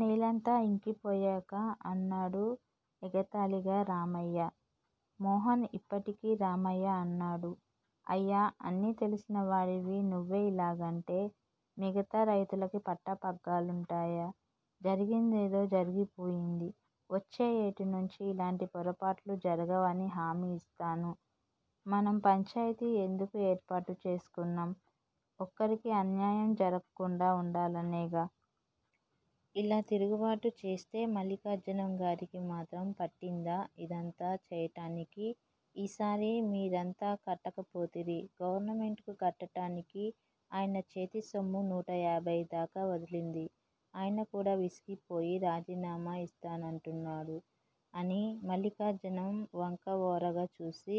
నేలంతా యింకిపోయాక అన్నాడు ఎగతాళిగా రామయ్య. మోహన్ యిప్పటికి రామయ్యా అన్నాడు. అయ్యా! అన్నీ తెలిసినవాడివి నువ్వే యిలాగంటే మిగతా రైతులకి పట్టపగ్గాలుంటాయా? జరిగిందేదో జరిగిపోయింది. వచ్చే యేటినుంచి యిలాంటి పొరపాట్లు జరగవని హామీ యిస్తాను. మనం పంచాయితీ ఎందుకు ఏర్పాటు చేసుకున్నాం? ఒకరికి అన్యాయం జరక్కుండా వుండాలనేగా! ఇలా తిరుగుబాటు చేస్తే మల్లిఖార్జునంగారికి మాత్రం పట్టిందా ఇదంతా చేయటానికి? ఈసారి మీరంతా కట్టకపోతిరి గవర్నమెంటుకి కట్టడానికి ఆయనచేతిసొమ్ము నూటయాభయి దాకా వదిలింది. ఆయనకూడా విసిగిపోయి రాజీనామా ఇస్తానంటున్నాడు అని మల్లిఖార్జునం వంక ఓరగా చూసి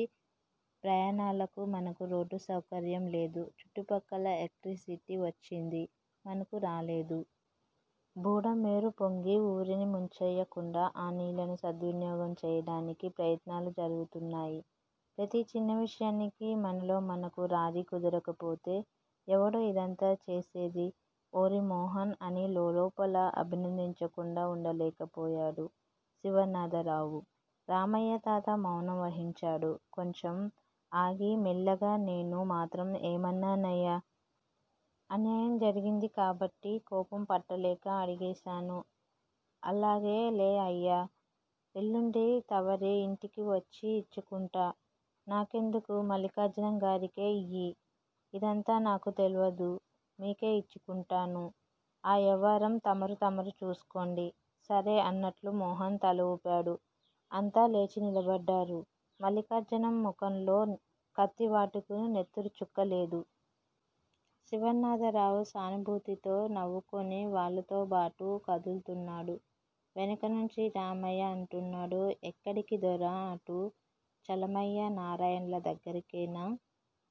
ప్రయాణాలకు మనకు రోడ్డుసౌకర్యం లేదు. చుట్టుప్రక్కల ఎలక్ట్రిసిటీ వచ్చింది, మనకు రాలేదు. బుడమేరుపొంగి ఊరిని ముంచేయకుండా ఆ నీళ్ళని సద్వినియోగం చేయడానికి ప్రయత్నాలు జరుగుతున్నాయి. ప్రతి చిన్నవిషయానికీ మనలో మనకు రాజీ కుదరకపోతే ఎవడూ ఇదంతా చేసేదీ? ఓరి మోహన్ అని లోలోపల అభినందించకుండా వుండలేకపోయాడు శివనాథరావు. రామయ్యతాత మౌనం వహించాడు. కొంచెం ఆగి మెల్లగా నేను మాత్రం ఏమన్నానయ్యా? అన్యాయం జరిగింది కాబట్టి కోపం పట్టలేక అడిగేశాను అల్లాగేలే అయ్యా ఎల్లుండి తవరి యింటికి తెచ్చి యిచ్చుకుంటా. నాకెందుకూ? మల్లిఖార్జునంగారికే యియ్యి. అదంతా నాకుతెలవదు. మీకే యిచ్చుకుంటాను. ఆ యవ్వారం తమరూ తమరూ చూసుకోండి. సరే అన్నట్లు మోహన్ తలఊపాడు. అంతా లేచినిలబడ్డారు. మల్లిఖార్జునం ముఖంలో కత్తివాటుకు నెత్తురుచుక్క లేదు. శివనాథరావు సానుభూతితో నవ్వుకుని వాళ్ళతోబాటు కదుల్తున్నాడు. వెనకనుంచి రామయ్య అంటున్నాడు ఎక్కడికి దొరా అటూ? చలమయ్యా, నారయణ్ల దగ్గరకేనా?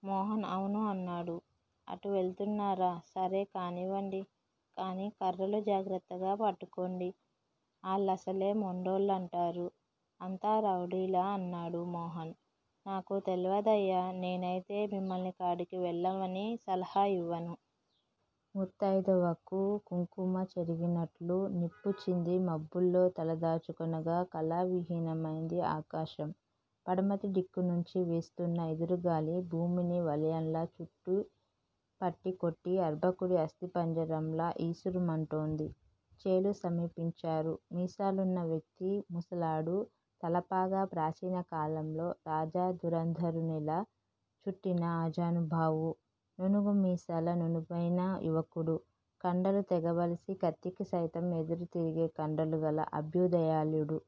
మోహన్ అవు నన్నాడు. అటు వెళ్తున్నారా? సరే కానివ్వండి కానీ కర్రలు జాగ్రత్తగా పట్టుకోండి. ఆళ్ళసలే మొండోళ్ళంటారు. అంత రౌడీలా? అన్నాడు మోహన్. నాకు తెలవదయ్యా నేనైతే మిమ్మల్నాకాడికి వెళ్ళమని సలహా యివ్వను. ముత్తయిదువకు కుంకుమ చెరిగినట్లు-నిప్పు చింది మబ్బుల్లో తలదాచుకొనగా, కళావిహీనమైంది ఆకాశం. పడమటి దిక్కునుంచి వీస్తోన్న ఈదురుగాలి భూమిని వలయంలా చుట్టి పల్టీ కొట్టి అర్భకుడి అస్థిపంజరంలా యీసురోమంటోంది. చేలు సమీపించారు. మీసాలున్న వ్యక్తీ, ముసలాడూ, తలపాగా ప్రాచీనకాలంలో రాజ దురంధరునిలా చుట్టిన ఆజానుబాహువూ, నూనూగుమీసాల నునుపైన యువకుడూ, కండలు తెగబలిసి, కత్తికిసైతం ఎదురుతిరిగే కండలుగల అంబుదళ్యాడూ,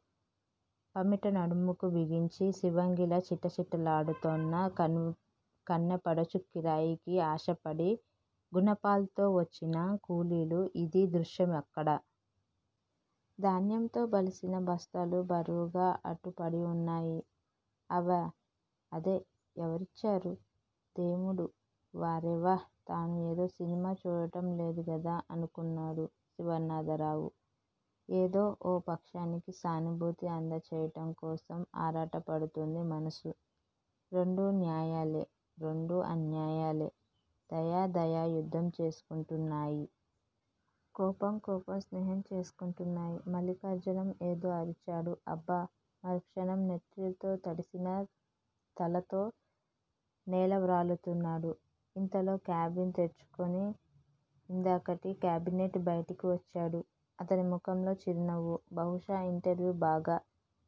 పమిట నడుముకు బిగించి సివంగిలా చిటచిటలాడుతోన్న కన్నెపడుచూ, కిరాయికి ఆశపడి గునపాల్తో వచ్చిన కూలీలూ ఇదీ దృశ్యమక్కడ. ధాన్యంతో బలిసిన బస్తాలు బరువుగా అటు పడివున్నాయి. అవా, అదే. ఎవరిచ్చారు? దేముడు. వారెవా! తాను ఏదో సినిమా చూడటంలేదు గదా అనుకున్నాడు శివనాథరావు. ఏదో ఓ పక్షానికి సానుభూతి అంధచేయటం కోసం ఆరాటపడుతోంది మనసు. రెండూ న్యాయాలే, రెండూ అన్యాయాలే. దయా, దయా యుద్ధం చేసుకుంటున్నాయి. కోపం, కోపం స్నేహం చేసుకుంటున్నాయి. మల్లిఖార్జునం ఏదో అరిచాడు. అబ్బా! మరుక్షణం నెత్తుటితో తడిసిన తలతో నేలవ్రాలుతున్నాడు. ఇంతలో క్యాబిన్ తెర్చుకుని ఇందాకటి క్యాండిడేట్ బయటికి వచ్చాడు. అతని ముఖంలో చిరునవ్వు. బహుశా ఇంటర్వ్యూ బాగా